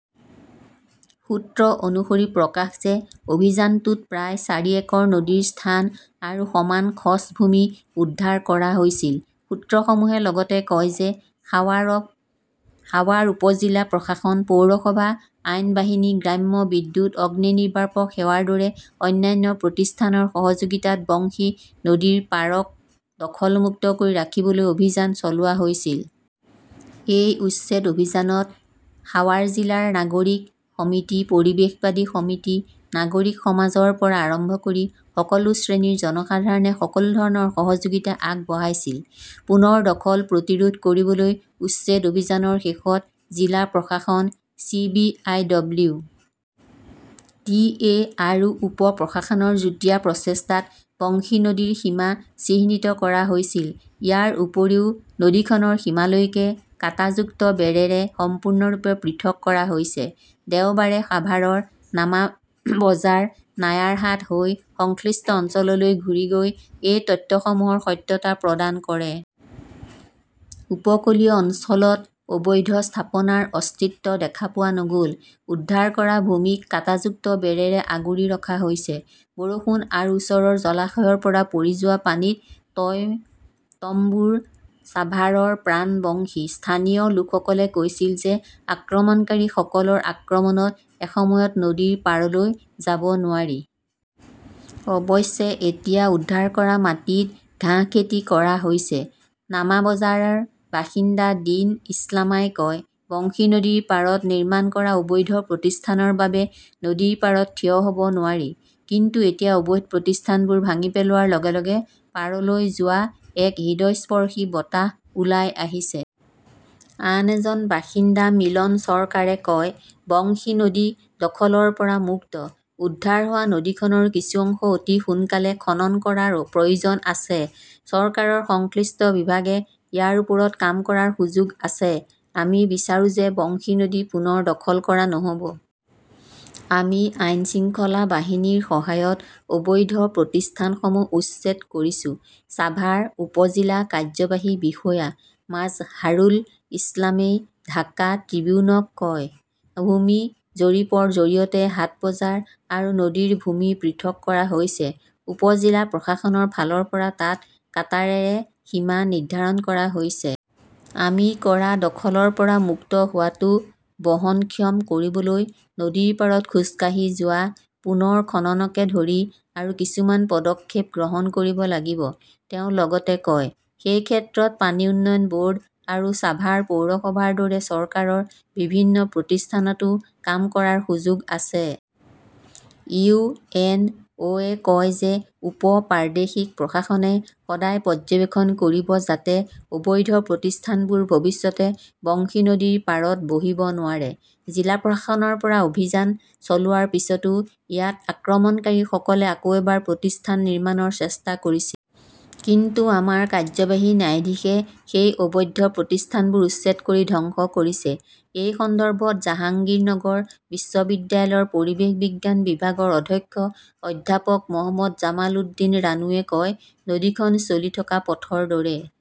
সুত্ৰ অনুসৰি প্ৰকাশ যে, অভিযানটোত প্ৰায় চাৰি একৰ নদীৰ স্থান আৰু সমান খছ ভূমি উদ্ধাৰ কৰা হৈছিল। সূত্ৰসমূহে লগতে কয় যে সাৱাৰক সাৱাৰ উপ-জিলা প্ৰশাসন, পৌৰসভা, আইন বাহিনী, গ্ৰাম্য বিদ্যুৎ, অগ্নিনিৰ্বাপক সেৱাৰ দৰে অন্যান্য প্ৰতিষ্ঠানৰ সহযোগিতাত বংশী নদীৰ পাৰক দখল-মুক্ত কৰি ৰাখিবলৈ অভিযান চলোৱা হৈছিল। এই উচ্ছেদ অভিযানত সাৱাৰ জিলাৰ নাগৰিক সমিতি পৰিৱেশবাদী সমিতি, নাগৰিক সমাজৰ পৰা আৰম্ভ কৰি সকলো শ্ৰেণীৰ জনসাধাৰণে সকলো ধৰণৰ সহযোগিতা আগবঢ়াইছিল। পুনৰ দখল প্ৰতিৰোধ কৰিবলৈ উচ্ছেদ অভিযানৰ শেষত জিলা প্ৰশাসন, B. I. W. T. A. আৰু উপ-প্ৰশাসনৰ যুটীয়া প্ৰচেষ্টাত বংশী নদীৰ সীমা চিহ্নিত কৰা হৈছিল। ইয়াৰ উপৰিও নদীখনৰ সীমালৈকে কাঁটাযুক্ত বেৰেৰে সম্পূৰ্ণৰূপে পৃথক কৰা হৈছে। দেওবাৰে সাভাৰৰ নামাবাজাৰ, নায়াৰহাট হৈ সংশ্লিষ্ট অঞ্চললৈ ঘূৰি গৈ এই তথ্যসমূহৰ সত্যতা প্ৰদান কৰে। উপকূলীয় অঞ্চলত অবৈধ স্থাপনাৰ অস্তিত্ব দেখা পোৱা নগ'ল। উদ্ধাৰ কৰা ভূমিক কাঁটাযুক্ত বেৰেৰে আগুৰি ৰখা হৈছে। বৰষুণ আৰু ওচৰৰ জলাশয়ৰ পৰা পৰি যোৱা পানীত টয়টমবুৰ চাভাৰৰ প্ৰাণ বংশী। স্থানীয় লোকসকলে কৈছিল যে আক্ৰমণকাৰীসকলৰ আক্ৰমণত এসময়ত নদীৰ পাৰলৈ যাব নোৱাৰি। অৱশ্যে, এতিয়া উদ্ধাৰ কৰা মাটিত ঘাঁহ খেতি কৰা হৈছে। নামাবাজাৰৰ বাসিন্দা দিন ইছলামই কয়, বংশী নদীৰ পাৰত নিৰ্মাণ কৰা অবৈধ প্ৰতিষ্ঠানৰ বাবে নদীৰ পাৰত থিয় হ'ব নোৱাৰি। কিন্তু এতিয়া অবৈধ প্ৰতিষ্ঠানবোৰ ভাঙি পেলোৱাৰ লগে লগে পাৰলৈ যোৱা এক হৃদয়স্পৰ্শী বতাহ ওলাই আহিছে। আন এজন বাসিন্দা মিলন চৰকাৰে কয়, বংশী নদী দখলৰ পৰা মুক্ত। উদ্ধাৰ হোৱা নদীখনৰ কিছু অংশ অতি সোনকালে খনন কৰাৰ প্ৰয়োজন আছে। চৰকাৰৰ সংশ্লিষ্ট বিভাগে ইয়াৰ ওপৰত কাম কৰাৰ সুযোগ আছে। আমি বিচাৰো যে বংশী নদী পুনৰ দখল কৰা নহ 'ব। আমি আইন-শৃংখলা বাহিনীৰ সহায়ত অবৈধ প্ৰতিষ্ঠানসমূহ উচ্ছেদ কৰিছো, ছাভাৰ উপ-জিলা কাৰ্যবাহী বিষয়া মাজহাৰুল ইছলামই ঢাকা ট্ৰিবিউনক কয়। ভূমি জৰীপৰ জৰিয়তে হাট-বজাৰ আৰু নদীৰ ভূমি পৃথক কৰা হৈছে। উপ-জিলা প্ৰশাসনৰ ফালৰ পৰা তাত কাঁটাৰেৰে সীমা নিৰ্ধাৰণ কৰা হৈছে। আমি কৰা দখলৰ পৰা মুক্ত হোৱাটো বহনক্ষম কৰিবলৈ নদীৰ পাৰত খোজকাঢ়ি যোৱা, পুনৰ খননকে ধৰি আৰু কিছুমান পদক্ষেপ গ্ৰহণ কৰিব লাগিব, তেওঁ লগতে কয়। সেই ক্ষেত্ৰত পানী উন্নয়ন ব'ৰ্ড আৰু ছাভাৰ পৌৰসভাৰ দৰে চৰকাৰৰ বিভিন্ন প্ৰতিষ্ঠানতো কাম কৰাৰ সুযোগ আছে। "ইউ. এন. অ". -য়ে কয় যে উপ-প্ৰাদেশিক প্ৰশাসনে সদায় পৰ্যবেক্ষণ কৰিব যাতে অবৈধ প্ৰতিষ্ঠানবোৰ ভৱিষ্যতে বংশী নদীৰ পাৰত বহিব নোৱাৰে। "জিলা প্ৰশাসনৰ পৰা অভিযান চলোৱাৰ পিছতো ইয়াত আক্ৰমণকাৰীসকলে আকৌ এবাৰ প্ৰতিষ্ঠান নিৰ্মাণৰ চেষ্টা কৰিছিল। কিন্তু আমাৰ কাৰ্যবাহী ন্যায়াধীশে সেই অবৈধ প্ৰতিষ্ঠানবোৰ উচ্ছেদ কৰি ধ্বংস কৰিছে। এই সন্দৰ্ভত জাহাংগীৰনগৰ বিশ্ববিদ্যালয়ৰ পৰিৱেশ বিজ্ঞান বিভাগৰ অধ্যক্ষ অধ্যাপক মহম্মদ জামাল উদ্দীন ৰানুৱে কয়, নদীখন চলি থকা পথৰ দৰে।